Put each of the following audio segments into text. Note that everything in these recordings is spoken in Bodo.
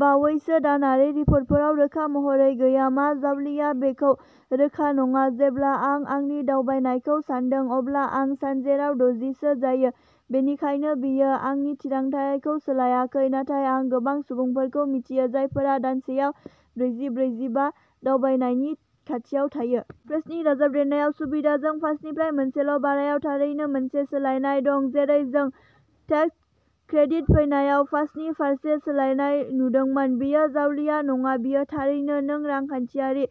बावैसोनि दानारि रिपरटफोराव रोखा महरै गैया। मा जावलिया बेखौ रोखा नङा। जेब्ला आं आंनि दावबायनायखौ सानदों अब्ला आं सानजेराव दजि सो जायो। बेनिखायनो बेयो आंनि थिरांथाखौ सोलायाखै। नाथाय आं गोबां सुबुंफोरखौ मिथियो जायफोरा दानसेआव ब्रैजि-ब्रैजिबा दावबायनायनि खाथियाव थायो। प्रेस्ट'नि दाजाबदेरनाय सुबिदाजों पासनिफ्राय मोनसेल' भारायाव थारैनो मोनसे सोलायनाय दं। जेरै जों टेक्स क्रेडिट फैनायाव पासनि फारसे सोलायनाय नुदोंमोन। बेयो जावलिया नङा। बेयो थारैनो नों रांखान्थियारि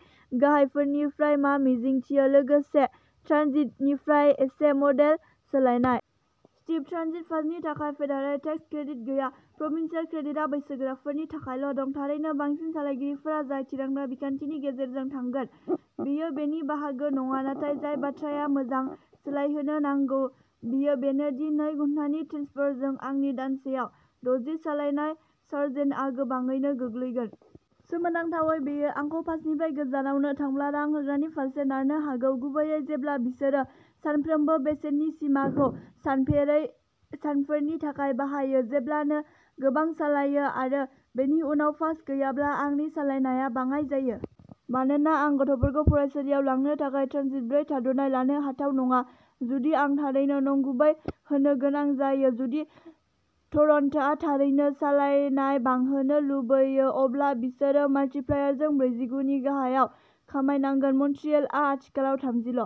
गाहायफोरनिफ्राय मा मिजिंथियो। लोगोसे ट्रानजिटनिफ्राय एसे मडेल सोलायनाय। स्टीभः ट्रानजिट पासनि थाखाय फेडारेल टेक्स क्रेडिट गैया। प्रभिन्सियेल क्रेडिटआ बैसोगोराफोरनि थाखायल' दं। थारैनो बांसिन सालायगिरिफोरा जाय थिरांथा बिखान्थिनि गेजेरजों थांगोन बेयो बेनि बाहागो नङा। नाथाय जाय बाथ्राया मोजां सोलायहोनो हागौ बेयो बेनो दि नै घन्टानि ट्रेन्सफारजों आंनि दानसेआव दजि सालायनाय सानजेरआ गोबाङैनो गोग्लैगोन। सोमोनांथावै बेयो आंखौ पासनिफ्राय गोजानाव नों थांब्ला रां होग्रानि फारसे नारनो हागौ। गुबैयै जेब्ला बिसोरो सानफ्रामबो बेसेननि सिमाखौ सानफेरै सानफोरनि थाखाय बाहायो। जेब्ला नों गोबां सालायो आरो बेनि उनाव पास गैयाब्ला आंनि सालायनायआ बाङाइ जायो। मानोना आं गथ'फोरखौ फरायसालियाव लांनो थाखाय ट्रानजिट ब्रै थाद'नाय लानो हाथाव नङा। जुदि आं थारैनो नंगुबै होनो गोनां जायो। जुदि टरन्ट'आ थारैनो सालायनाय बांहोनो लुबैयो अब्ला बिसोरो माल्टिप्लायरखौ ब्रैजिगु नि गाहायाव खमायनांगोन। मन्ट्रियेलआ आथिखालाव थामजि ल'।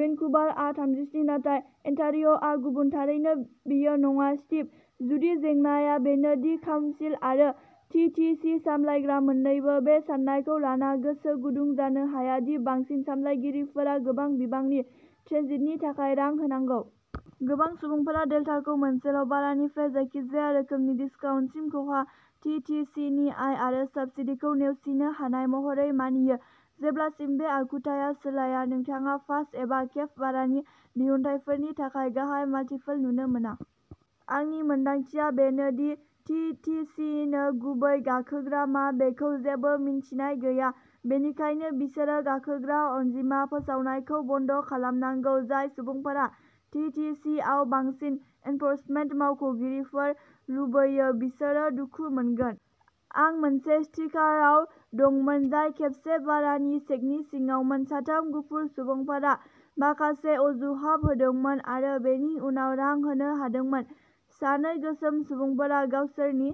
भेनकुभार आ थामजिस्नि। नाथाय अन्टारिय'आ गुबुन। थारैनो बेयो नङा। स्टिभः गुदि जेंनाया बेनो दि काउन्सिल आरो टि टि सि सामलायग्रा मोननैबो बे साननायखौ लाना गोसो गुदुं जानो हाया दि बांसिन सालायगिरिफोरा गोबां बिबांनि ट्रेन्सितनि थाखाय रां होनांगौ। गोबां सुबुंफोरा डेल्टाखौ मोनसेल' भारानिफ्राय जायखिजाया रोखोमनि डिस्काउन्टसिम खहा टि टि सि नि आय आरो साबसिडिखौ नेवसिनो हानाय महरै मानियो। जेब्लासिम बे आखुथाया सोलाया नोंथाङा पास एबा केप्ड भारानि दिहुनथायफोरनि थाखाय गाहाय माल्टिपल नुनो मोना। आंनि मोनदांथिआ बेनो दि टि टि सि नो गुबै गाखोग्रा मा बेखौ जेबो मिन्थिनाय गैया। बेनिखायनो बिसोरो गाखोग्रा अनजिमा फोसावनायखौ बन्द खालामनांगौ। जाय सुबुंफोरा टि टि सि आव बांसिन एनफर्समेन्ट मावख'गिरिफोर लुबैयो बिसोरो दुखु मोनगोन। आं मोनसे स्ट्रीटकाराव दंमोन जाय खेबसे भारानि चेकनि सिङावमोन। साथाम गुफुर सुबुंफोरा माखासे अजुहाब होदोंमोन आरो बेनि उनाव रां होनो हादोंमोन। सानै गोसोम सुबुंफोरा गावसोरनि